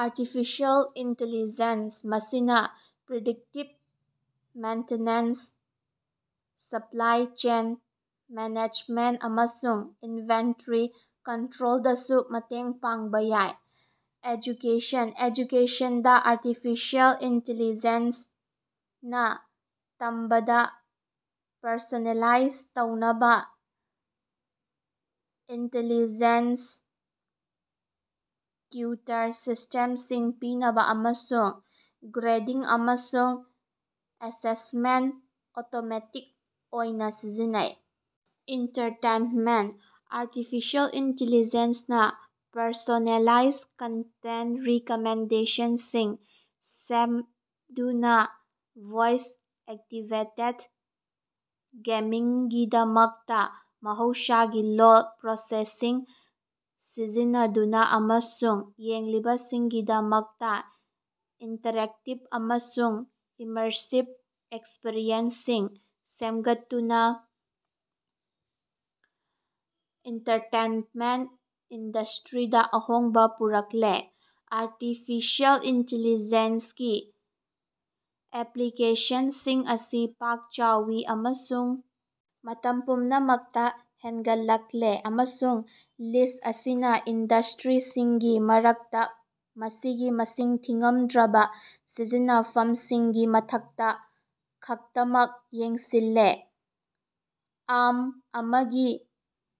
Artificial intelligence ꯃꯁꯤꯅ predictive maintenance, supply chain management ꯑꯃꯁꯨꯡ inventory ꯀꯟꯇ꯭ꯔꯣꯜꯗꯁꯨ ꯃꯇꯦꯡ ꯄꯥꯡꯕ ꯌꯥꯏ꯫ ꯑꯦꯖꯨꯀꯦꯁꯟ: ꯑꯦꯖꯨꯀꯦꯁꯟꯗ ꯑꯥꯔꯇꯤꯐꯤꯁꯤꯑꯦꯜ ꯏꯟꯇꯦꯂꯤꯖꯦꯟꯁ ꯅ ꯇꯝꯕꯗ ꯄꯔꯁꯣꯅꯦꯂꯥꯏꯖ ꯇꯧꯅꯕ, ꯏꯟꯇꯦꯂꯤꯖꯦꯟꯇ ꯇꯤꯎꯇꯔ ꯁꯤꯁꯇꯦꯝꯁꯤꯡ ꯄꯤꯅꯕ ꯑꯃꯁꯨꯡ ꯒ꯭ꯔꯦꯗꯤꯡ ꯑꯃꯁꯨꯡ ꯑꯦꯁꯦꯁꯃꯦꯟꯇ ꯑꯣꯇꯣꯃꯦꯇꯤꯛ ꯑꯣꯏꯅ ꯁꯤꯖꯤꯟꯅꯩ꯫ ꯑꯦꯟꯇꯔꯇꯦꯟꯃꯦꯟꯇ: ꯑꯥꯔꯇꯤꯐꯤꯁꯤꯑꯦꯜ ꯏꯟꯇꯦꯂꯤꯖꯦꯟꯁ ꯅ ꯄꯔꯁꯣꯅꯦꯂꯥꯏꯖ ꯀꯟꯇꯦꯟꯇ ꯔꯤꯀꯃꯦꯟꯗꯦꯁꯟꯁꯤꯡ ꯁꯦꯞꯗꯨꯅ, ꯚꯣꯏꯁ-ꯑꯦꯛꯇꯤꯚꯦꯇꯦꯗ ꯒꯦꯃꯤꯡꯒꯤꯗꯃꯛꯇ ꯃꯍꯧꯁꯥꯒꯤ ꯂꯣꯜ ꯄ꯭ꯔꯣꯁꯦꯁꯤꯡ ꯁꯤꯖꯤꯟꯅꯗꯨꯅ ꯑꯃꯁꯨꯡ ꯌꯦꯡꯂꯤꯕꯁꯤꯡꯒꯤꯗꯃꯛꯇ ꯏꯟꯇꯔꯦꯛꯇꯤꯚ ꯑꯃꯁꯨꯡ ꯏꯃꯔꯁꯤꯚ ꯑꯦꯛꯁꯄꯔꯤꯌꯦꯟꯁꯁꯤꯡ ꯁꯦꯝꯒꯠꯇꯨꯅ ꯑꯦꯟꯇꯔꯇꯦꯟꯃꯦꯟꯇ ꯏꯟꯗꯁꯗ꯭ꯔꯤꯗ ꯑꯍꯣꯡꯕ ꯄꯨꯔꯛꯂꯤ꯫ ꯑꯥꯔꯇꯤꯐꯤꯁꯤꯑꯦꯜ ꯏꯟꯇꯦꯂꯤꯖꯦꯟꯁ ꯒꯤ ꯑꯦꯄ꯭ꯂꯤꯀꯦꯁꯟꯁꯤꯡ ꯑꯁꯤ ꯄꯥꯛ ꯆꯥꯎꯏ ꯑꯃꯁꯨꯡ ꯃꯇꯝ ꯄꯨꯝꯅꯃꯛꯇ ꯍꯦꯟꯒꯠꯂꯛ‌ꯂ‌ꯦꯞꯑꯃꯁꯨꯡ ꯂꯤꯁ꯭ꯠ ꯑꯁꯤꯅ ꯏꯟꯗꯁꯇ꯭ꯔꯤꯁꯤꯡꯒꯤ ꯃꯔꯛꯇ ꯃꯁꯤꯒꯤ ꯃꯁꯤꯡ ꯊꯤꯉꯝꯗ꯭ꯔꯕ ꯁꯤꯖꯤꯟꯅꯐꯝꯁꯤꯡꯒꯤ ꯃꯊꯛꯇ ꯈꯛꯇꯃꯛ ꯌꯦꯡꯁꯤꯜꯂ‌ꯦ꯫ ꯑꯥꯝ ꯑꯃꯒꯤ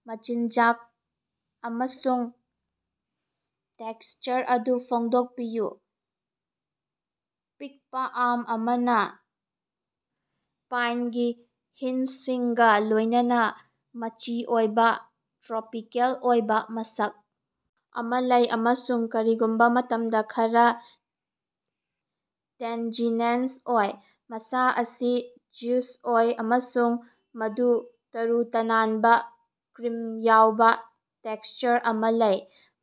ꯃꯆꯤꯟꯖꯥꯛ ꯑꯃꯁꯨꯡ ꯇꯦꯛꯁꯆꯔ ꯑꯗꯨ ꯐꯣꯡꯗꯣꯛꯄꯤꯌꯨ꯫ ꯄꯤꯛꯄ ꯑꯥꯝ ꯑꯃꯅ ꯄꯥꯏꯟꯒꯤ ꯍꯤꯟꯁꯁꯤꯡꯒ ꯂꯣꯏꯅꯅ ꯃꯆꯤ ꯑꯣꯏꯕ, ꯇ꯭ꯔꯣꯄꯤꯀꯦꯜ ꯑꯣꯏꯕ ꯃꯁꯛ ꯑꯃ ꯂꯩ ꯑꯃꯁꯨꯡ ꯀꯔꯤꯒꯨꯝꯕ ꯃꯇꯝꯗ ꯈꯔ ꯇꯦꯟꯖꯤꯅꯦꯁ ꯑꯣꯏ꯫ ꯃꯁꯥ ꯑꯁꯤ ꯖꯨꯁ ꯑꯣꯏ ꯑꯃꯁꯨꯡ ꯃꯗꯨ ꯇꯔꯨ-ꯇꯅꯥꯟꯕ, ꯀ꯭ꯔꯤꯝ ꯌꯥꯎꯕ ꯇꯦꯛꯁꯆꯔ ꯑꯃ ꯂꯩ,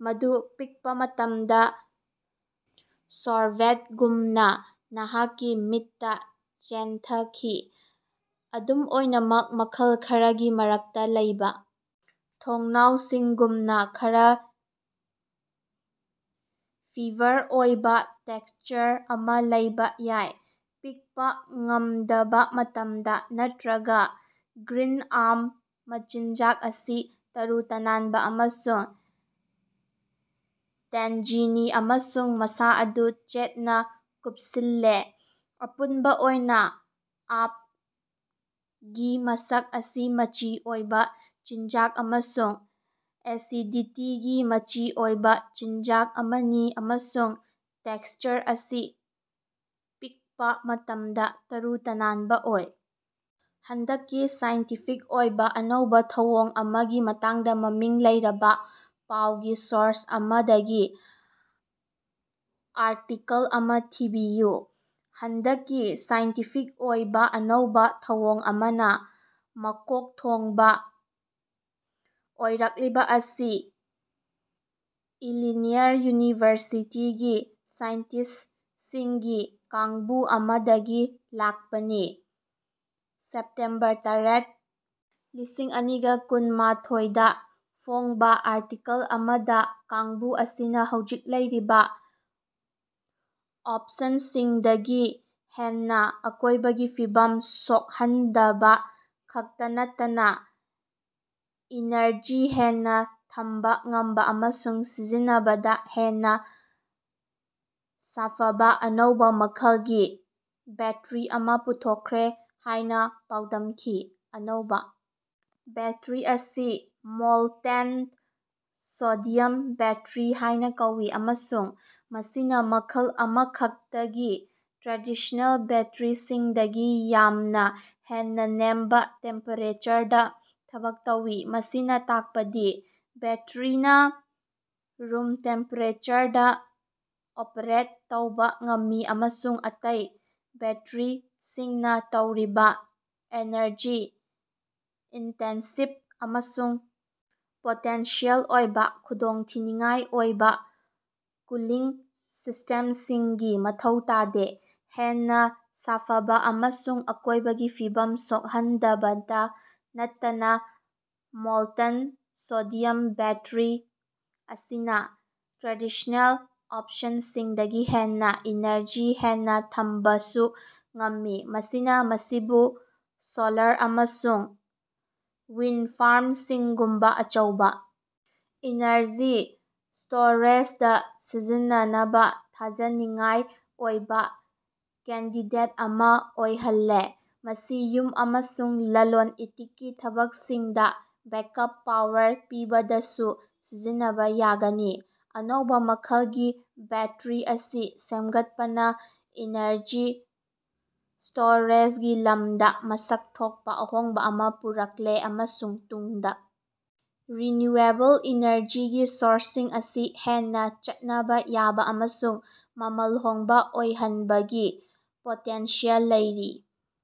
ꯃꯗꯨ ꯄꯤꯛꯄ ꯃꯇꯝꯗ ꯁꯣꯔꯕꯦꯇꯒꯨꯝꯅ ꯅꯍꯥꯛꯀꯤ ꯃꯤꯠꯇ ꯆꯦꯟꯊꯈꯤ꯫ ꯑꯗꯨꯝ ꯑꯣꯏꯅꯃꯛ ꯃꯈꯜ ꯈꯔꯒꯤ ꯃꯔꯛꯇ ꯂꯩꯕ ꯊꯣꯡꯅꯥꯎꯁꯤꯡꯒꯨꯝꯅ ꯈꯔ ꯐꯤꯕꯔ ꯑꯣꯏꯕ ꯇꯦꯛꯁꯆꯔ ꯑꯃ ꯂꯩꯕ ꯌꯥꯏ꯫ ꯄꯤꯛꯄ ꯉꯝꯗꯕ ꯃꯇꯝꯗ, ꯅꯠꯇ꯭ꯔꯒ ꯒ꯭ꯔꯤꯟ ꯑꯥꯝ ꯃꯆꯤꯟꯖꯥꯛ ꯑꯁꯤ ꯇꯔꯨ-ꯇꯅꯥꯟꯕ ꯑꯃꯁꯨꯡ ꯇꯦꯟꯖꯤꯅꯤ ꯑꯃꯁꯨꯡ ꯃꯁꯥ ꯑꯗꯨ ꯆꯦꯠꯅ ꯀꯨꯞꯁꯤꯜꯂ‌ꯦ꯫ ꯑꯄꯨꯟꯕ ꯑꯣꯏꯅ ꯑꯥꯞꯒꯤ ꯃꯁꯛ ꯑꯁꯤ ꯃꯆꯤ ꯑꯣꯏꯕ ꯆꯤꯟꯖꯥꯛ ꯑꯃꯁꯨꯡ ꯑꯦꯁꯤꯗꯤꯇꯤꯒꯤ ꯃꯆꯤ ꯑꯣꯏꯕ ꯆꯤꯟꯖꯥꯛ ꯑꯃꯅꯤ ꯑꯃꯁꯨꯡ ꯇꯦꯛꯁꯆꯔ ꯑꯁꯤ ꯄꯤꯛꯄ ꯃꯇꯝꯗ ꯇꯔꯨ ꯇꯅꯥꯟꯕ ꯑꯣꯏ꯫। ꯍꯟꯗꯛꯀꯤ ꯁꯥꯏꯟꯇꯤꯐꯤꯛ ꯑꯣꯏꯕ ꯑꯅꯧꯕ ꯊꯧꯑꯣꯡ ꯑꯃꯒꯤ ꯃꯇꯥꯡꯗ ꯃꯃꯤꯡ ꯂꯩꯔꯕ ꯄꯥꯎꯒꯤ ꯁꯣꯔꯁ ꯑꯃꯗꯒꯤ ꯑꯥꯔꯇꯤꯀꯜ ꯑꯃ ꯊꯤꯕꯤꯌꯨ꯫ ꯍꯟꯗꯛꯀꯤ ꯁꯥꯏꯟꯇꯤꯐꯤꯛ ꯑꯣꯏꯕ ꯑꯅꯧꯕ ꯊꯧꯑꯣꯡ ꯑꯃꯅ ꯃꯀꯣꯛ ꯊꯣꯡꯕ ꯑꯣꯏꯔꯛꯂꯤꯕ ꯑꯁꯤ ꯏꯂꯤꯅꯌꯁ ꯌꯨꯅꯤꯚꯔꯁꯤꯇꯤꯒꯤ ꯁꯥꯏꯟꯇꯤꯁꯠꯁꯤꯡꯒꯤ ꯀꯥꯡꯕꯨ ꯑꯃꯗꯒꯤ ꯂꯥꯛꯄꯅꯤ꯫ ꯁꯦꯞꯇꯦꯝꯕꯔ ꯇꯔꯦꯠ, ꯂꯤꯁꯤꯡ ꯑꯅꯤꯒ ꯀꯨꯟꯃꯥꯊꯣꯏꯗ ꯐꯣꯡꯕ ꯑꯥꯔꯇꯤꯀꯜ ꯑꯃꯗ ꯀꯥꯡꯕꯨ ꯑꯁꯤꯅ ꯍꯧꯖꯤꯛ ꯂꯩꯔꯤꯕ ꯑꯣꯞꯁꯟꯁꯤꯡꯗꯒꯤ ꯍꯦꯟꯅ ꯑꯀꯣꯏꯕꯒꯤ ꯐꯤꯚꯝ ꯁꯣꯛꯍꯟꯗꯕ ꯈꯛꯇ ꯅꯠꯇꯅ ꯏꯅꯔꯖꯤ ꯍꯦꯟꯅ ꯊꯝꯕ ꯉꯝꯕ ꯑꯃꯁꯨꯡ ꯁꯤꯖꯤꯟꯅꯕꯗ ꯍꯦꯟꯅ ꯁꯥꯐꯕ ꯑꯅꯧꯕ ꯃꯈꯜꯒꯤ ꯕꯦꯠꯇꯔꯤ ꯑꯃ ꯄꯨꯊꯣꯛꯈ꯭ꯔꯦ ꯍꯥꯏꯅ ꯄꯥꯎꯗꯝꯈꯤ꯫ ꯑꯅꯧꯕ ꯕꯦꯠꯇꯔꯤ ꯑꯁꯤ "ꯃꯣꯜꯇꯦꯟ ꯁꯣꯗꯤꯌꯝ ꯕꯦꯠꯇꯔꯤ" ꯍꯥꯏꯅ ꯀꯧꯏ, ꯑꯃꯁꯨꯡ ꯃꯁꯤꯅ ꯃꯈꯜ ꯑꯃꯈꯛꯇꯒꯤ ꯇ꯭ꯔꯦꯗꯤꯁ꯭ꯅꯦꯜ ꯕꯦꯠꯇꯔꯤꯁꯤꯡꯗꯒꯤ ꯌꯥꯝꯅ ꯍꯦꯟꯅ ꯅꯦꯝꯕ ꯇꯦꯝꯄꯦꯔꯦꯆꯔꯗ ꯊꯕꯛ ꯇꯧꯏ꯫ ꯃꯁꯤꯅ ꯇꯥꯛꯄꯗꯤ ꯕꯦꯠꯇꯔꯤꯅ ꯔꯨꯝ ꯇꯦꯝꯄꯦꯔꯦꯆꯔꯗ ꯑꯣꯄꯔꯦꯠ ꯇꯧꯕ ꯉꯝꯃꯤ ꯑꯃꯁꯨꯡ ꯑꯇꯩ ꯕꯦꯠꯇꯔꯤꯁꯤꯡꯅ ꯇꯧꯔꯤꯕ ꯑꯦꯅꯔꯖꯤ-ꯏꯟꯇꯦꯟꯁꯤꯚ ꯑꯃꯁꯨꯡ ꯄꯣꯇꯦꯟꯁꯤꯑꯦꯜ ꯑꯣꯏꯕ ꯈꯨꯗꯣꯡꯊꯤꯅꯤꯉꯥꯏ ꯑꯣꯏꯕ ꯀꯨꯂꯤꯡ ꯁꯤꯁꯇꯦꯝꯁꯤꯡꯒꯤ ꯃꯊꯧ ꯇꯥꯗꯦ꯫ ꯍꯦꯟꯅ ꯁꯥꯐꯕ ꯑꯃꯁꯨꯡ ꯑꯀꯣꯏꯕꯒꯤ ꯐꯤꯕꯝ ꯁꯣꯛꯍꯟꯗꯕꯇ ꯅꯠꯇꯅ ꯃꯣꯜꯇꯦꯟ ꯁꯣꯗꯤꯌꯝ ꯕꯦꯠꯇꯔꯤ ꯑꯁꯤꯅ ꯇ꯭ꯔꯦꯗꯤꯁ꯭ꯅꯦꯜ ꯑꯣꯞꯁꯟꯁꯤꯡꯗꯒꯤ ꯍꯦꯟꯅ ꯏꯅꯔꯖꯤ ꯍꯦꯟꯅ ꯊꯝꯕꯁꯨ ꯉꯝꯃꯤ꯫ ꯃꯁꯤꯅ ꯃꯁꯤꯕꯨ ꯁꯣꯂꯥꯔ ꯑꯃꯁꯨꯡ ꯋꯤꯟꯗ ꯐꯥꯔꯃꯁꯤꯡꯒꯨꯝꯕ ꯑꯆꯧꯕ ꯏꯅꯔꯖꯤ ꯁ꯭ꯇꯣꯔꯦꯖꯗ ꯁꯤꯖꯤꯟꯅꯅꯕ ꯊꯥꯖꯅꯤꯡꯉꯥꯏ ꯑꯣꯏꯕ ꯀꯦꯟꯗꯤꯗꯦꯠ ꯑꯃ ꯑꯣꯏꯍꯜꯂ‌ꯦ꯫ ꯃꯁꯤ ꯌꯨꯝ ꯑꯃꯁꯨꯡ ꯂꯂꯣꯟ-ꯏꯇꯤꯛꯀꯤ ꯊꯕꯛꯁꯤꯡꯗ ꯕꯦꯛꯑꯞ ꯄꯥꯋꯔ ꯄꯤꯕꯗꯁꯨ ꯁꯤꯖꯤꯟꯅꯕ ꯌꯥꯒꯅꯤ꯫ ꯑꯅꯧꯕ ꯃꯈꯜꯒꯤ ꯕꯦꯠꯇꯔꯤ ꯑꯁꯤ ꯁꯦꯝꯒꯠꯄꯅ ꯏꯅꯔꯖꯤ ꯁ꯭ꯇꯣꯔꯦꯖꯒꯤ ꯂꯝꯗ ꯃꯁꯛ ꯊꯣꯛꯄ ꯑꯍꯣꯡꯕ ꯑꯃ ꯄꯨꯔꯛꯂ‌ꯦ ꯑꯃꯁꯨꯡ ꯇꯨꯡꯗ ꯔꯤꯟꯌꯨꯑꯦꯕꯜ ꯏꯅꯔꯖꯤꯒꯤ ꯁꯣꯔꯁꯁꯤꯡ ꯑꯁꯤ ꯍꯦꯟꯅ ꯆꯠꯅꯕ ꯌꯥꯕ ꯑꯃꯁꯨꯡ ꯃꯃꯜ ꯍꯣꯡꯕ ꯑꯣꯏꯍꯟꯕꯒꯤ ꯄꯣꯇꯦꯟꯁꯤꯌꯦꯜ ꯂꯩꯔꯤ꯫